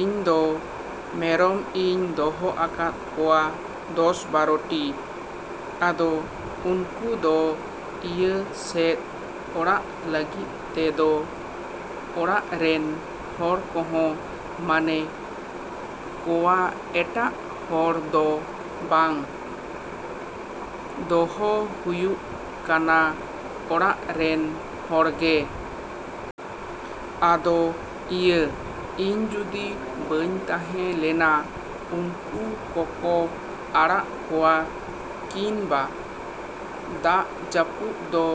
‎ᱤᱧ ᱫᱚ ᱢᱮᱨᱚᱢ ᱤᱧ ᱫᱚᱦᱚ ᱟᱠᱟᱫ ᱠᱚᱣᱟ ᱫᱚᱥᱼᱵᱟᱨᱚᱴᱤ᱾ ᱟᱫᱚ ᱩᱱᱠᱩ ᱫᱚ ᱤᱭᱟᱹ ᱥᱮᱫ ᱟᱲᱟᱜ ᱞᱟᱹᱜᱤᱫ ᱛᱮᱫᱚ ᱚᱲᱟᱜ ᱨᱮᱱ ᱦᱚᱲ ᱠᱚᱦᱚᱸ ᱢᱟᱱᱮ ᱠᱚᱣᱟ ᱮᱴᱟᱜ ᱦᱚᱲ ᱫᱚ ᱵᱟᱝ, ᱫᱚᱦᱚ ᱦᱩᱭᱩᱜ ᱠᱟᱱᱟ ᱚᱲᱟᱜ ᱨᱮᱱ ᱦᱚᱲ ᱜᱮ᱾ ᱟᱫᱚ ᱤᱭᱟᱹ ᱤᱧ ᱡᱩᱫᱤ ᱵᱟᱹᱧ ᱛᱟᱦᱮᱸ ᱞᱮᱱᱟ ᱩᱱᱠᱩ ᱠᱚᱠᱚ ᱟᱲᱟᱜ ᱠᱚᱣᱟ ᱠᱤᱱᱵᱟ ᱫᱟᱜ ᱡᱟᱹᱯᱩᱫ ᱫᱚ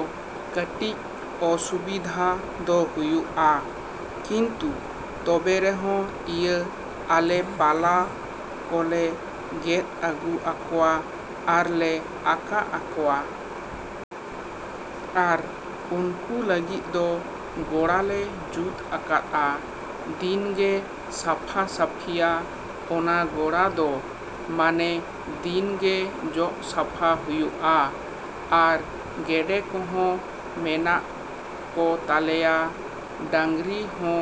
ᱠᱟᱹᱴᱤᱡ ᱚᱥᱩᱵᱤᱫᱷᱟ ᱫᱚ ᱦᱩᱭᱩᱜᱼᱟ᱾ ᱠᱤᱱᱛᱩ ᱛᱚᱵᱮ ᱨᱮᱦᱚᱸ ᱤᱭᱟᱹ ᱟᱞᱮ ᱯᱟᱞᱟ ᱠᱚᱞᱮ ᱜᱮᱫ ᱟᱹᱜᱩ ᱟᱠᱚᱣᱟ ᱟᱨ ᱞᱮ ᱟᱠᱟ ᱟᱠᱚᱣᱟ᱾ ᱟᱨ ᱩᱱᱠᱩ ᱞᱟᱹᱜᱤᱫ ᱫᱚ ᱜᱚᱲᱟ ᱞᱮ ᱡᱩᱫ ᱟᱠᱟᱫᱼᱟ, ᱫᱤᱱ ᱜᱮ ᱥᱟᱯᱷᱟᱼᱥᱟᱯᱷᱤᱭᱟ᱾ ᱚᱱᱟ ᱜᱚᱲᱟ ᱫᱚ ᱢᱟᱱᱮ ᱫᱤᱱ ᱜᱮ ᱡᱚᱜ ᱥᱟᱯᱷᱟ ᱦᱩᱭᱩᱜᱼᱟ᱾ ᱟᱨ ᱜᱮᱰᱮ ᱠᱚᱦᱚᱸ ᱢᱮᱱᱟᱜ ᱠᱚ ᱛᱟᱞᱮᱭᱟ, ᱰᱟᱝᱨᱤ ᱦᱚᱸ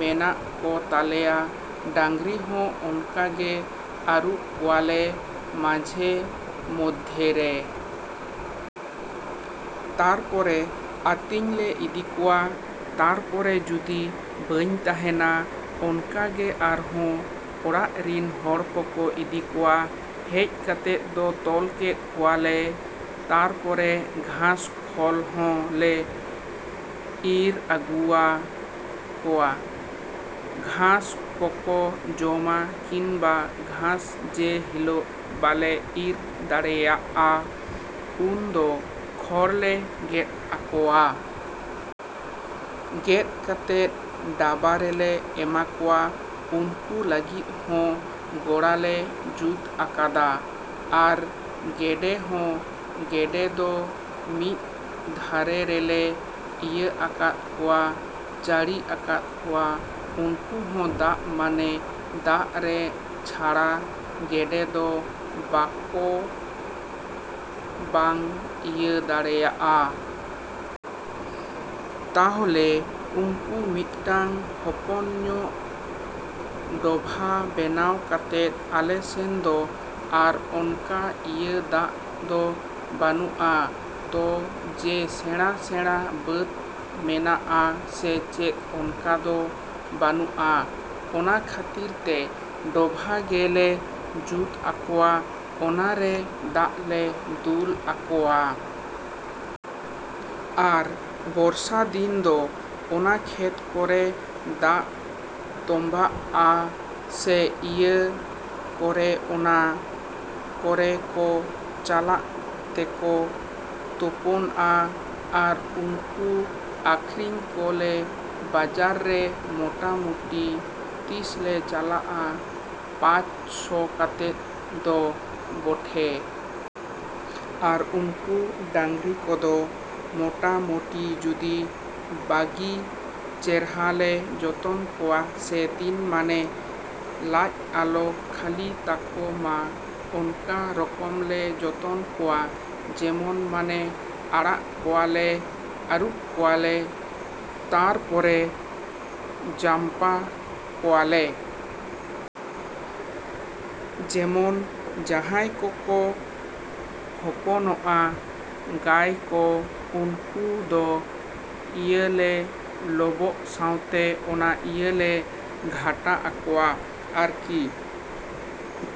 ᱢᱮᱱᱟᱜ ᱠᱚ ᱛᱟᱞᱮᱭᱟ᱾ ᱰᱟᱝᱨᱤ ᱦᱚᱸ ᱚᱱᱠᱟ ᱜᱮ ᱟᱹᱨᱩᱵ ᱠᱚᱣᱟ ᱞᱮ ᱢᱟᱡᱷᱮᱼᱢᱚᱫᱷᱮ ᱨᱮ᱾ ᱛᱟᱨᱯᱚᱨᱮ ᱟᱛᱤᱧ ᱞᱮ ᱤᱫᱤ ᱠᱚᱣᱟ᱾ ᱛᱟᱨᱯᱚᱨᱮ ᱡᱩᱫᱤ ᱵᱟᱹᱧ ᱛᱟᱦᱮᱱᱟ ᱚᱱᱠᱟ ᱜᱮ ᱟᱨᱦᱚᱸ ᱚᱲᱟᱜ ᱨᱤᱱ ᱦᱚᱲ ᱠᱚᱠᱚ ᱤᱫᱤ ᱠᱚᱣᱟ᱾ ᱦᱮᱡ ᱠᱟᱛᱮᱫ ᱫᱚ ᱛᱚᱞ ᱠᱮᱫ ᱠᱚᱣᱟ ᱞᱮ᱾ ᱛᱟᱨᱯᱚᱨᱮ ᱜᱷᱟᱸᱥ ᱠᱷᱚᱞ ᱦᱚᱸ ᱞᱮ ᱤᱨ ᱟᱹᱜᱩᱣᱟ ᱠᱚᱣᱟ, ᱜᱷᱟᱸᱥ ᱠᱚᱠᱚ ᱡᱚᱢᱟ ᱠᱤᱱᱵᱟ ᱜᱷᱟᱸᱥ ᱡᱮ ᱦᱤᱞᱚᱜ ᱵᱟᱞᱮ ᱤᱨ ᱫᱟᱲᱮᱭᱟᱜᱼᱟ ᱩᱱ ᱫᱚ ᱠᱷᱚᱲ ᱞᱮ ᱜᱮᱫ ᱟᱠᱚᱣᱟ᱾ ᱜᱮᱫ ᱠᱟᱛᱮᱫ ᱰᱟᱵᱟ ᱨᱮᱞᱮ ᱮᱢᱟ ᱠᱚᱣᱟ᱾ ᱩᱱᱠᱩ ᱞᱟᱹᱜᱤᱫ ᱦᱚᱸ ᱜᱚᱲᱟ ᱞᱮ ᱡᱩᱫ ᱟᱠᱟᱫᱟ᱾ ᱟᱨ ᱜᱮᱰᱮ ᱦᱚᱸ, ᱜᱮᱰᱮ ᱫᱚ ᱢᱤᱫ ᱫᱷᱟᱨᱮ ᱨᱮᱞᱮ ᱤᱭᱟᱹ ᱟᱠᱟᱫ ᱠᱚᱣᱟ, ᱪᱟᱹᱲᱤ ᱟᱠᱟᱫ ᱠᱚᱣᱟ᱾ ᱩᱱᱠᱩ ᱦᱚᱸ ᱫᱟᱜ ᱢᱟᱱᱮ ᱫᱟᱜ ᱨᱮ ᱪᱷᱟᱲᱟ ᱜᱮᱰᱮ ᱫᱚ ᱵᱟᱠᱚ ᱵᱟᱝ ᱤᱭᱟᱹ ᱫᱟᱲᱮᱭᱟᱜᱼᱟ᱾ ᱛᱟᱦᱚᱞᱮ ᱩᱱᱠᱩ ᱢᱤᱫᱴᱟᱝ ᱦᱚᱯᱚᱱ ᱧᱚᱜ ᱰᱚᱵᱷᱟ ᱵᱮᱱᱟᱣ ᱠᱟᱛᱮᱫ ᱟᱞᱮ ᱥᱮᱱ ᱫᱚ ᱟᱨ ᱚᱱᱠᱟ ᱤᱭᱟᱹ ᱫᱟᱜ ᱫᱚ ᱵᱟᱹᱱᱩᱜᱼᱟ ᱛᱚ ᱡᱮ ᱥᱮᱬᱟᱼᱥᱮᱬᱟ ᱵᱟᱸᱫᱽ ᱢᱮᱱᱟᱜᱼᱟ ᱥᱮ ᱪᱮᱫ ᱚᱱᱠᱟ ᱫᱚ ᱵᱟᱹᱱᱩᱜᱼᱟ᱾ ᱚᱱᱟ ᱠᱷᱟᱹᱛᱤᱨ ᱛᱮ ᱰᱚᱵᱷᱟ ᱜᱮ ᱞᱮ ᱡᱩᱫ ᱟᱠᱚᱣᱟ, ᱚᱱᱟ ᱨᱮ ᱫᱟᱜ ᱞᱮ ᱫᱩᱞ ᱟᱠᱚᱣᱟ᱾ ᱟᱨ ᱵᱚᱨᱥᱟ ᱫᱤᱱ ᱫᱚ ᱚᱱᱟ ᱠᱷᱮᱛ ᱠᱚᱨᱮ ᱫᱟᱜ ᱛᱚᱢᱵᱟᱜᱼᱟ ᱥᱮ ᱤᱭᱟᱹ ᱠᱚᱨᱮ ᱚᱱᱟ ᱠᱚᱨᱮ ᱠᱚ ᱪᱟᱞᱟᱜ ᱛᱮᱠᱚ ᱛᱚᱯᱳᱱᱼᱟ᱾ ᱟᱨ ᱩᱱᱠᱩ ᱟᱠᱷᱨᱤᱧ ᱠᱚ ᱞᱮ ᱵᱟᱡᱟᱨ ᱨᱮ ᱢᱚᱴᱟᱼᱢᱚᱴᱤ ᱛᱤᱥ ᱞᱮ ᱪᱟᱞᱟᱜᱼᱟ ᱯᱟᱪ ᱥᱚ ᱠᱟᱛᱮᱫ ᱫᱚ ᱵᱚᱴᱷᱮ᱾ ᱟᱨ ᱱᱩᱠᱩ ᱰᱟᱝᱨᱤ ᱠᱚᱫᱚ ᱢᱚᱴᱟᱼᱢᱚᱴᱤ ᱡᱩᱫᱤ ᱵᱟᱜᱤ ᱪᱮᱨᱦᱟ ᱞᱮ ᱡᱚᱛᱚᱱ ᱠᱚᱣᱟ ᱥᱮ ᱫᱤᱱ ᱢᱟᱱᱮ ᱞᱟᱡ ᱟᱞᱚ ᱠᱷᱟᱹᱞᱤ ᱛᱟᱠᱚ ᱢᱟ ᱚᱱᱠᱟ ᱨᱚᱠᱚᱢ ᱞᱮ ᱡᱚᱛᱚᱱ ᱠᱚᱣᱟ ᱡᱮᱢᱚᱱ ᱢᱟᱱᱮ ᱟᱲᱟᱜ ᱠᱚᱣᱟ ᱞᱮ, ᱟᱹᱨᱩᱵ ᱠᱚᱣᱟ ᱞᱮ, ᱛᱟᱨᱯᱚᱨᱮ ᱡᱟᱢᱯᱟ ᱠᱚᱣᱟ ᱞᱮ᱾ ᱡᱮᱢᱚᱱ ᱡᱟᱦᱟᱭ ᱠᱚᱠᱚ ᱦᱚᱯᱚᱱᱚᱜᱼᱟ ᱜᱟᱭ ᱠᱚ ᱩᱱᱠᱩ ᱫᱚ ᱤᱭᱟᱹ ᱞᱮ ᱞᱚᱵᱚᱜ ᱥᱟᱶᱛᱮ ᱚᱱᱟ ᱤᱭᱟᱹ ᱞᱮ ᱜᱷᱟᱴᱟ ᱟᱠᱚᱣᱟ ᱟᱨ ᱠᱤ᱾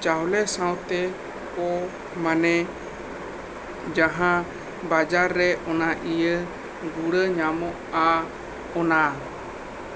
ᱪᱟᱣᱞᱮ ᱥᱟᱶᱛᱮ ᱠᱚ ᱢᱟᱱᱮ ᱡᱟᱦᱟᱸ ᱵᱟᱡᱟᱨ ᱨᱮ ᱚᱱᱟ ᱤᱭᱟᱹ ᱜᱩᱲᱟ. ᱧᱟᱢᱚᱜ ᱟ ᱚᱱᱟ ᱾